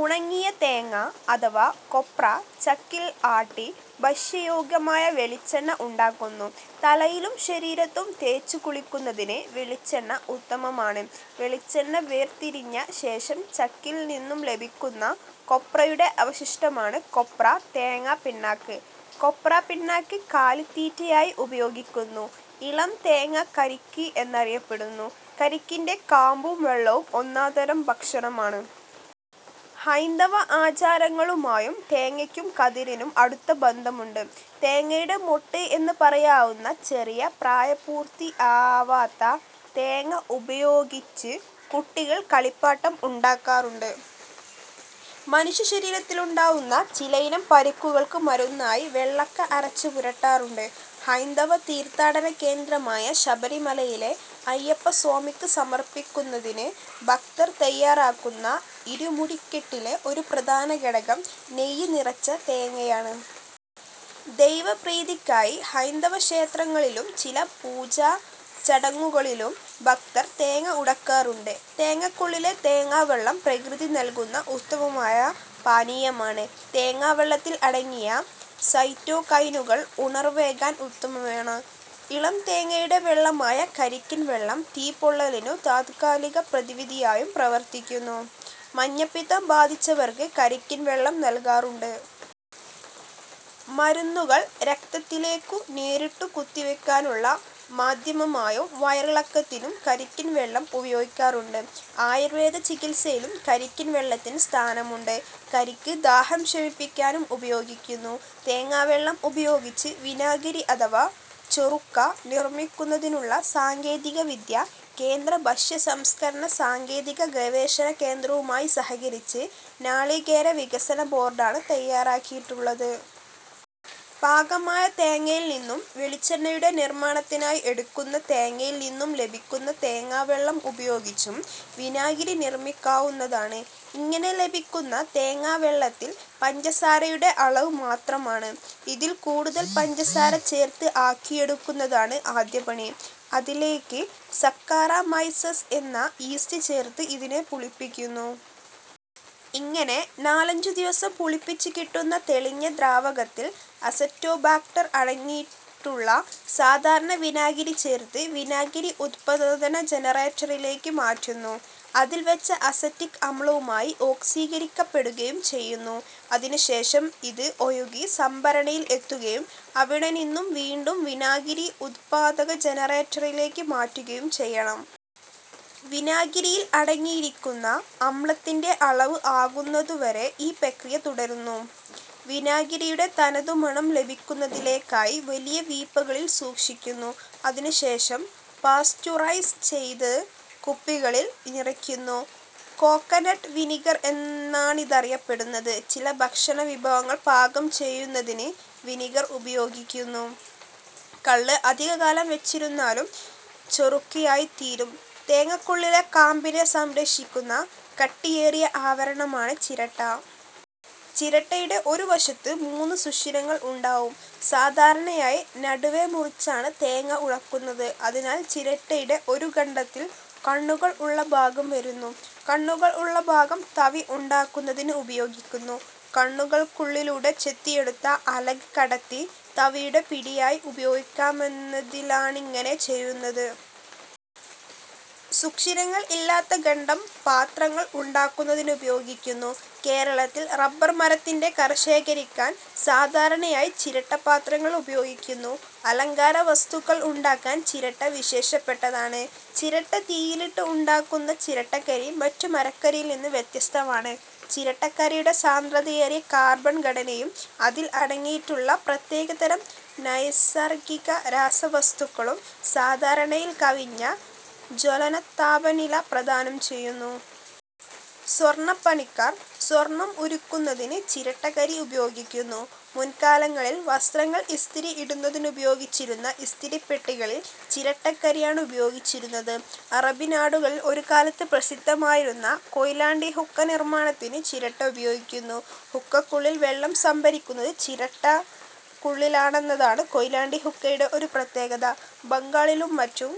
ഉണങ്ങിയ തേങ്ങ അഥവാ കൊപ്ര ചക്കിൽ ആട്ടി ഭക്ഷ്യയോഗ്യമായ വെളിച്ചെണ്ണ ഉണ്ടാക്കുന്നു. തലയിലും ശരീരത്തും തേച്ചുകുളിക്കുന്നതിന് വെളിച്ചെണ്ണ ഉത്തമമാണ്. വെളിച്ചെണ്ണ വേർതിരിഞ്ഞ ശേഷം ചക്കിൽ നിന്നും ലഭിക്കുന്ന കൊപ്രയുടെ അവശിഷ്ടമാണ് കൊപ്ര/തേങ്ങ പിണ്ണാക്ക്. കൊപ്ര പിണ്ണാക്ക് കാലിത്തീറ്റയായി ഉപയോഗിക്കുന്നു. ഇളം തേങ്ങ കരിക്ക് എന്നറിയപ്പെടുന്നു. കരിക്കിന്റെ കാമ്പും, വെള്ളവും ഒന്നാംതരം ഭക്ഷണമാണ്. ഹൈന്ദവ ആചാരങ്ങളുമായും തേങ്ങക്കും കതിരിനും അടുത്ത ബന്ധമുണ്ട്. തേങ്ങയുടെ മൊട്ട് എന്ന് പറയാവുന്ന ചെറിയ പ്രായപൂർത്തിയാവാത്ത തേങ്ങ ഉപയോഗിച്ച് കുട്ടികൾ കളിപ്പാട്ടം ഉണ്ടാക്കാറുണ്ട്. മനുഷ്യശരീരത്തിലുണ്ടാവുന്ന ചിലയിനം പരുക്കൾക്ക് മരുന്നായി വെള്ളക്ക അരച്ച് പുരട്ടാറുണ്ട്. ഹൈന്ദവ തീർഥാടന കേന്ദ്രമായ ശബരിമലയിലെ അയ്യപ്പസ്വാമിക്ക് സമർപ്പിക്കുന്നതിന് ഭക്തർ തയ്യാറാക്കുന്ന ഇരുമുടിക്കെട്ടിലെ ഒരു പ്രധാനഘടകം നെയ്യ് നിറച്ച തേങ്ങയാണ്. ദൈവ പ്രീതിക്കായി ഹൈന്ദവ ക്ഷേത്രങ്ങളിലും, ചില പൂജാ ചടങ്ങുകളിലും ഭക്തർ തേങ്ങ ഉടക്കാറുണ്ട്. തേങ്ങക്കുള്ളിലെ തേങ്ങാവെള്ളം പ്രകൃതി നൾകുന്ന ഉത്തമമായ പാനീയമാണ്. തേങ്ങാവെള്ളത്തിൽ അടങ്ങിയ സൈറ്റോകൈനുകൾ ഉണർവ്വേകാൻ ഉത്തമമാണ്. ഇളം തേങ്ങയുടെ വെള്ളമായ കരിക്കിൻവെള്ളം തീ പൊള്ളലിനു താത്കാലിക പ്രതിവിധിയായും പ്രവർത്തിക്കുന്നു. മഞ്ഞപ്പിത്തം ബാധിച്ചവർക്ക് കരിക്കിൻ വെള്ളം നൽകാറുണ്ട്. മരുന്നുകൾ രക്തത്തിലേക്കു നേരിട്ടുകുത്തിവെക്കാനുള്ള മാദ്ധ്യമമായും, വയറിളക്കത്തിനും കരിക്കിൻവെള്ളം ഉപയോഗിക്കാറുണ്ട്. ആയുർവേദ ചികിത്സയിലും കരിക്കിൻ വെള്ളത്തിന് സ്ഥാനമുണ്ട്. കരിക്ക് ദാഹം ശമിപ്പിക്കാനും ഉപയോഗിക്കുന്നു. തേങ്ങാവെള്ളം ഉപയോഗിച്ച് വിനാഗിരി അഥവാ ചൊറുക്ക നിർമ്മിക്കുന്നതിനുള്ള സാങ്കേതികവിദ്യ കേന്ദ്ര ഭക്ഷ്യസംസ്കരണ സാങ്കേതിക ഗവേഷണ കേന്ദ്രവുമായി സഹകരിച്ച് നാളികേര വികസന ബോർഡാണ് തായ്യാറാക്കിയിട്ടുള്ളത്. പാകമായ തേങ്ങയിൽ നിന്നും വെളിച്ചെണ്ണയുടെ നിർമ്മാണത്തിനായി എടുക്കുന്ന തേങ്ങയിൽ നിന്നും ലഭിക്കുന്ന തേങ്ങാവെള്ളം ഉപയോഗിച്ചും വിനാഗിരി നിർമ്മിക്കാവുന്നതാണ്. ഇങ്ങനെ ലഭിക്കുന്ന തേങ്ങാ വെള്ളത്തിൽ പഞ്ചസാരയുടെ അളവ് മാത്രമാണ്. ഇതിൽ കൂടുതൽ പഞ്ചസാര ചേർത്ത് ആക്കിയെടുക്കുന്നതാണ് ആദ്യ പണി. അതിലേയ്ക്ക് സക്കറാ മൈസസ് എന്ന യീസ്റ്റ് ചേർത്ത് ഇതിനെ പുളിപ്പിക്കുന്നു. ഇങ്ങനെ നാലഞ്ചു ദിവസം പുളിപ്പിച്ച് കിട്ടുന്ന തെളിഞ്ഞ ദ്രാവകത്തിൽ അസറ്റോബാക്ടർ അടങ്ങിയിട്ടുള്ള സാധാരണ വിനാഗിരി ചേർത്ത് വിനാഗിരി ഉത്പാദന ജനറേറ്ററിലേയ്ക്ക് മാറ്റുന്നു. അതിൽ വച്ച് അസറ്റിക് അമ്ലവുമായി ഓക്സീകരിക്കപ്പെടുകയും ചെയ്യുന്നു. അതിനുശേഷം ഇത് ഒഴുകി സംഭരണിയിൽ എത്തുകയും അവിടെനിന്നും വീണ്ടും വിനാഗിരി ഉത്പാദക ജനറേറ്ററിലേയ്ക്ക് മാറ്റുകയും ചെയ്യണം. വിനാഗിരിയിൽ അടങ്ങിയിരിക്കുന്ന അമ്ലത്തിന്റെ അളവ് ആകുന്നതുവരെ ഈ പ്രക്രിയ തുടരുന്നു. വിനാഗിരിയുടെ തനതു മണം ലഭിക്കുന്നതിലേയ്ക്കായി വലിയ വീപ്പകളിൽ സൂക്ഷിക്കുന്നു. അതിനുശേഷം പാസ്ചുറൈസ് ചെയ്ത് കുപ്പികളിൽ നിറയ്ക്കുന്നു. കോക്കനട്ട് വിനിഗർഎന്നാണിതറിയപ്പെടുന്നത്. ചില ഭക്ഷണവിഭവങ്ങൾ പാകം ചെയ്യുന്നതിന് വിനിഗർ ഉപയോഗിക്കുന്നു. കള്ള് അധികകാലം വച്ചിരുന്നാലും ചൊറുക്കയായിത്തീരും തേങ്ങക്കുള്ളിലെ കാമ്പിനെ സംരക്ഷിക്കുന്ന കട്ടിയേറിയ ആവരണമാണ് ചിരട്ട. ചിരട്ടയുടെ ഒരു വശത്ത് മൂന്ന് സുഷിരങ്ങൾ ഉണ്ടാവും. സാധാരണയായി നടുവെ മുറിച്ചാണ് തേങ്ങ ഉടക്കുന്നത്. അതിനാൽ ചിരട്ടയുടെ ഒരു ഖണ്ഡത്തിൽ കണ്ണുകൾ ഉള്ള ഭാഗം വരുന്നു. കണ്ണുകൾ ഉള്ള ഭാഗം തവി ഉണ്ടാക്കുന്നതിന് ഉപയോഗിക്കുന്നു. കണ്ണുകൾക്കുള്ളിലൂടെ ചെത്തിയെടുത്ത അലക് കടത്തി തവിയുടെ പിടിയായി ഉപയോഗിക്കാമെന്നതിലാണിങ്ങനെ ചെയ്യുന്നത്. സുഷിരങ്ങൾ ഇല്ലാത്ത ഖണ്ഡം പാത്രങ്ങൾ ഉണ്ടാക്കുന്നതിനുപയോഗിക്കുന്നു. കേരളത്തിൽ റബ്ബർ മരത്തിന്റെ കറ ശേഖരിക്കാൻ സാധാരണയായി ചിരട്ടപ്പാത്രങ്ങൾ ഉപയോഗിക്കുന്നു. അലങ്കാരവസ്തുക്കൾ ഉണ്ടാക്കാൻ ചിരട്ട വിശേഷപ്പെട്ടതാണ്. ചിരട്ട തീയിലിട്ട് ഉണ്ടാക്കുന്ന ചിരട്ടക്കരി മറ്റ് മരക്കരിയിൽ നിന്ന് വ്യത്യസ്തമാണ്. ചിരട്ടക്കരിയുടെ സാന്ദ്രതയേറിയ കാർബൺഘടനയും അതിൽ അടങ്ങിയിട്ടുള്ള പ്രത്യേകതരം നൈസർഗ്ഗികരാസവസ്തുക്കളും സാധാരണയിൽ കവിഞ്ഞ ജ്വലനതാപനില പ്രദാനം ചെയ്യുന്നു. സ്വർണ്ണപ്പണിക്കാർ സ്വർണ്ണം ഉരുക്കുന്നതിന് ചിരട്ടക്കരി ഉപയോഗിക്കുന്നു. മുൻ കാലങ്ങളിൽ വസ്ത്രങ്ങൾ ഇസ്തിരി ഇടുന്നതിനുപയോഗിച്ചിരുന്ന ഇസ്തിരിപ്പെട്ടികളിൽ ചിരട്ടക്കരിയാണുപയോഗിച്ചിരുന്നത്. അറബി നാടുകളിൽ ഒരുകാലത്ത് പ്രസിദ്ധമായിരുന്ന കൊയിലാണ്ടി ഹുക്ക നിർമ്മാണത്തിന് ചിരട്ട ഉപയോഗിക്കുന്നു. ഹുക്കക്കുള്ളിൽ വെള്ളം സംഭരിക്കുന്നത് ചിരട്ടക്കുള്ളിലാണെന്നതാണ് കൊയിലാണ്ടി ഹുക്കയുടെ ഒരു പ്രത്യേകത. ബംഗാളിലും മറ്റും